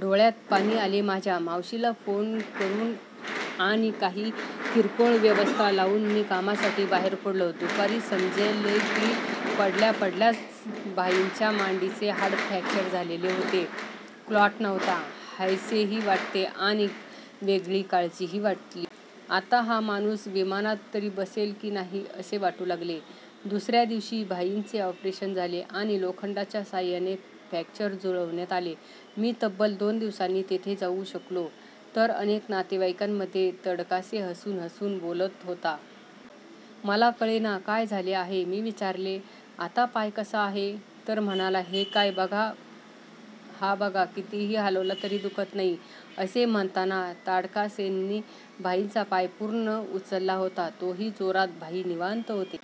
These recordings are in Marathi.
डोळ्यात पाणी आले माझ्या. मावशीला फोन करून आणि काही किरकोळ व्यवस्था लावून मी कामासाठी बाहेर पडलो. दुपारी समजले की पडल्या पडल्याच भाईंच्या मांडीचे हाड फ्रॅक्चर झालेले होते. क्लॉट नव्हता. हायसेही वाटले आणि वेगळी काळजीही वाटली. आता हा माणूस विमानात तरी बसेल की नाही असे वाटू लागले. दुसऱ्या दिवशी भाईंचे ऑपरेशन झाले आणि लोखंडाच्या सहाय्याने फ्रॅक्चर जुळवण्यात आले. मी तब्बल दोन दिवसांनी तेथे जाऊ शकलो तर अनेक नातेवाईकांमध्ये तडकासे हसून हसून बोलत होता. मला कळेना काय झाले आहे? मी विचारले आता पाय कसा आहे? तर म्हणाला हे काय, हा बघा कितीही हालवला तरी दुखत नाही. असे म्हणताना तडकासेने भाईंचा पाय पूर्ण उचलला होता, तोही जोरात. भाई निवांत होते.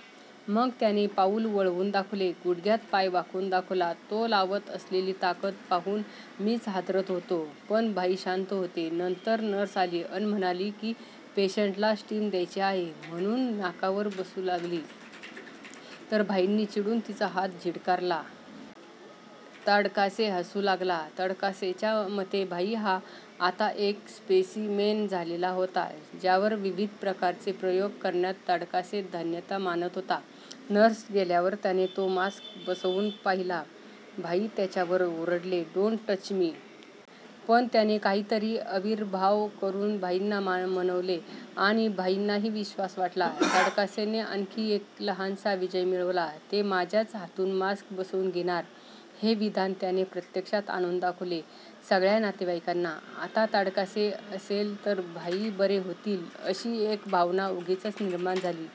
मग त्याने पाऊल वळवून दाखवले, गुडघ्यात पाय वाकवून दाखवला. तो लावत असलेली ताकद पाहून मीच हादरत होतो पण भाई शांत होते. नंतर नर्स आली अन म्हणाली की पेशंटला स्टीम द्यायची आहे. म्हणून नाकावर बसवू लागली तर भाईंनी चिडून तिचा हात झिडकारला. तडकासे हसू लागला. तडकासेच्या मते भाई हा आता एक स्पेसिमेन झालेला होता. ज्यावर विविध प्रकारचे प्रयोग करण्यात तडकासे धन्यता मानत होता. नर्स गेल्यावर त्याने तो मास्क बसवून पाहिला. भाई त्याच्यावर ओरडले. Don't touch me. पण त्याने काहीतरी आविर्भाव करून भाईंना मनवले आणि भाईंनाही विश्वास वाटला. तडकासेने आणखी एक लहानसा विजय मिळवला. ते माझ्याच हातून मास्क बसवून घेणार हे विधान त्याने प्रत्यक्षात आणून दाखवले सगळ्या नातेवाईकांना! आता तडकासे असेल तर भाई बरे होतील अशी एक भावना उगीचच निर्माण झाली.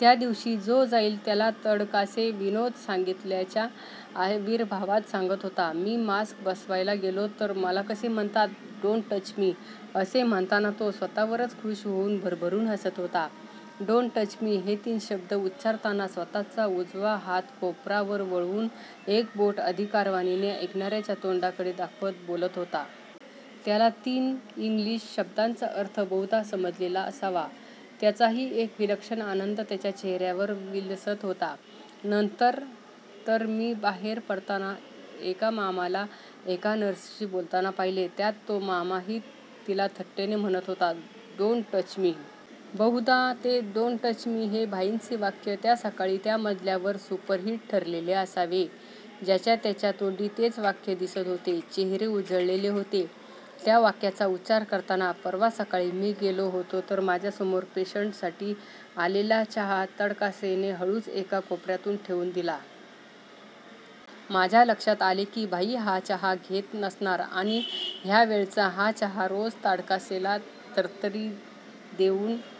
त्या दिवशी जो येईल त्याला तडकासे विनोद सांगितल्याच्या आविर्भावात सांगत होता. मी मास्क बसवायला गेलो तर मला कसे म्हणतात, डोन्ट टच मी! असे म्हणताना तो स्वतःवरच खुष होऊन भरभरून हसत होता. डोन्ट टच मी हे तीन शब्द उच्चारताना स्वतःचा उजवा हात कोपरातून वळवून एक बोट अधिकारवाणीने ऐकणाऱ्याच्या तोंडाकडे दाखवत बोलत होता. त्याला त्या तीन इंग्लिश शब्दांचा अर्थ बहुधा समजलेला असावा. त्याचाही एक विलक्षण आनंद त्याच्या चेहऱ्यावर विलसत होता. नंतर तर मी बाहेर पडताना एका मामाला एका नर्सशी बोलताना पाहिले त्यात तो मामाही तिला थट्टेने म्हणत होता डोन्ट टच मी! बहुधा, ते डोन्ट टच मी हे भाईंचे वाक्य त्या सकाळी त्या मजल्यावर सुपरहिट्ट ठरलेले असावे. ज्याच्यात्याच्या तोंडी तेच वाक्य दिसत होते. चेहरे उजळलेले होते त्या वाक्याचा उच्चार करताना. परवा सकाळी मी गेलो होतो तर माझ्यासमोर पेशंटसाठी आलेला चहा तडकासेने हळूच एका कोपऱ्यात ठेवून दिला. माझ्या लक्षात आले की भाई हा चहा घेत नसणार आणि ह्यावेळचा हा चहा रोज तडकासेला तरतरी देऊन